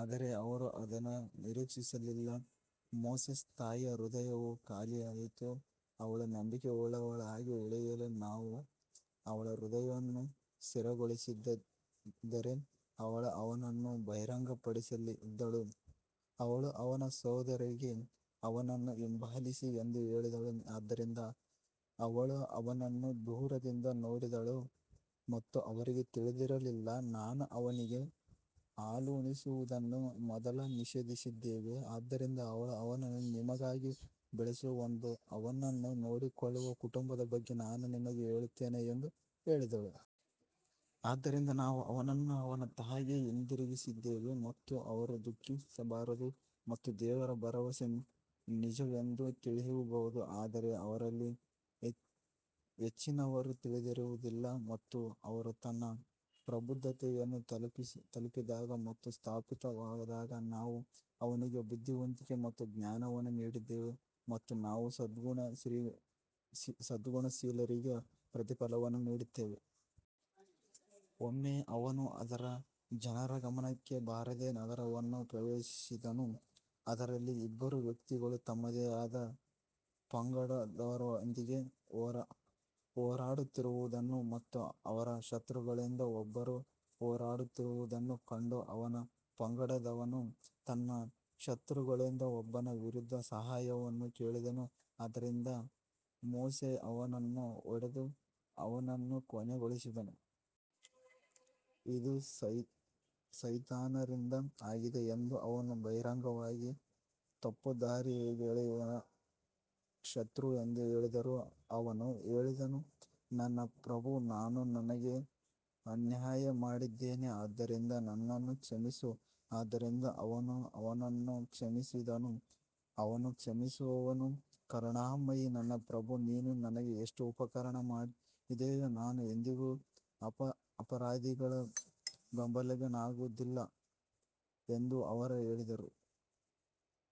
ಆದರೆ ಅವರು ಅದನ್ನು ನಿರೀಕ್ಷಿಸಲಿಲ್ಲ ಮೋಸೆಸ್ ತಾಯಿಯ ಹೃದಯವು ಖಾಲಿಯಾಯಿತು, ಅವಳು ನಂಬಿಕೆಯುಳ್ಳವಳಾಗಿ ಉಳಿಯಲು ನಾವು ಅವಳ ಹೃದಯವನ್ನು ಸ್ಥಿರಗೊಳಿಸದಿದ್ದರೆ ಅವಳು ಅವನನ್ನು ಬಹಿರಂಗಪಡಿಸಲಿದ್ದಳು ಅವಳು ಅವನ ಸಹೋದರಿಗೆ ಅವನನ್ನು ಹಿಂಬಾಲಿಸಿ ಎಂದು ಹೇಳಿದಳು ಆದ್ದರಿಂದ ಅವಳು ಅವನನ್ನು ದೂರದಿಂದ ನೋಡಿದಳು ಮತ್ತು ಅವರಿಗೆ ತಿಳಿದಿರಲಿಲ್ಲ ನಾವು ಅವನಿಗೆ ಹಾಲುಣಿಸುವುದನ್ನು ಮೊದಲು ನಿಷೇಧಿಸಿದ್ದೇವೆ ಆದ್ದರಿಂದ ಅವಳು ಅವನನ್ನು ನಿಮಗಾಗಿ ಬೆಳೆಸುವ ಮತ್ತು ಅವನನ್ನು ನೋಡಿಕೊಳ್ಳುವ ಕುಟುಂಬದ ಬಗ್ಗೆ ನಾನು ನಿಮಗೆ ಹೇಳುತ್ತೇನೆ ಎಂದು ಹೇಳಿದಳು. ಆದ್ದರಿಂದ ನಾವು ಅವನನ್ನು ಅವನ ತಾಯಿಗೆ ಹಿಂದಿರುಗಿಸಿದ್ದೇವೆ ಮತ್ತು ಅವರು ದುಃಖಿಸಬಾರದು ಮತ್ತು ದೇವರ ಭರವಸೆ ನಿಜವೆಂದು ತಿಳಿಯಬಹುದು ಆದರೆ ಅವರಲ್ಲಿ ಹೆಚ್ಚಿನವರು ತಿಳಿದಿರುವುದಿಲ್ಲ. ಮತ್ತು ಅವನು ತನ್ನ ಪ್ರಬುದ್ಧತೆಯನ್ನು ತಲುಪಿದಾಗ ಮತ್ತು ಸ್ಥಾಪಿತವಾದಾಗ ನಾವು ಅವನಿಗೆ ಬುದ್ಧಿವಂತಿಕೆ ಮತ್ತು ಜ್ಞಾನವನ್ನು ನೀಡಿದ್ದೇವೆ ಮತ್ತು ನಾವು ಸದ್ಗುಣಶೀಲರಿಗೆ ಪ್ರತಿಫಲವನ್ನು ನೀಡುತ್ತೇವೆ. ಒಮ್ಮೆ ಅವನು ಅದರ ಜನರ ಗಮನಕ್ಕೆ ಬಾರದೆ ನಗರವನ್ನು ಪ್ರವೇಶಿಸಿದನು, ಅದರಲ್ಲಿ ಇಬ್ಬರು ವ್ಯಕ್ತಿಗಳು ತಮ್ಮದೇ ಆದ ಪಂಗಡದವರೊಂದಿಗೆ ಹೋರಾಡುತ್ತಿರುವುದನ್ನು ಮತ್ತು ಅವರ ಶತ್ರುಗಳಿಂದ ಒಬ್ಬರು ಹೋರಾಡುತ್ತಿರುವುದನ್ನು ಕಂಡು ಅವನ ಪಂಗಡದವನು ತನ್ನ ಶತ್ರುಗಳಿಂದ ಒಬ್ಬನ ವಿರುದ್ಧ ಸಹಾಯವನ್ನು ಕೇಳಿದನು, ಆದ್ದರಿಂದ ಮೋಶೆ ಅವನನ್ನು ಹೊಡೆದು ಅವನನ್ನು ಕೊನೆಗೊಳಿಸಿದನು. ಇದು ಸೈತಾನರಿಂದ ಆಗಿದೆ ಎಂದು ಅವರು ಬಹಿರಂಗವಾಗಿ ತಪ್ಪುದಾರಿಗೆಳೆಯುವ ಶತ್ರು ಎಂದು ಹೇಳಿದರು ಅವನು ಹೇಳಿದನು ನನ್ನ ಪ್ರಭೂ ನಾನು ನನಗೆ ಅನ್ಯಾಯ ಮಾಡಿದ್ದೇನೆ ಆದ್ದರಿಂದ ನನ್ನನ್ನು ಕ್ಷಮಿಸು ಆದ್ದರಿಂದ ಅವನು ಅವನನ್ನು ಕ್ಷಮಿಸಿದನು ಅವನು ಕ್ಷಮಿಸುವವನು ಕರುಣಾಮಯಿ ನನ್ನ ಪ್ರಭು, ನೀನು ನನಗೆ ಎಷ್ಟು ಉಪಕಾರ ಮಾಡಿದೀಯೋ, ನಾನು ಎಂದಿಗೂ ಅಪರಾಧಿಗಳ ಬೆಂಬಲಿಗನಾಗುವುದಿಲ್ಲ ಎಂದು ಅವರು ಹೇಳಿದರು.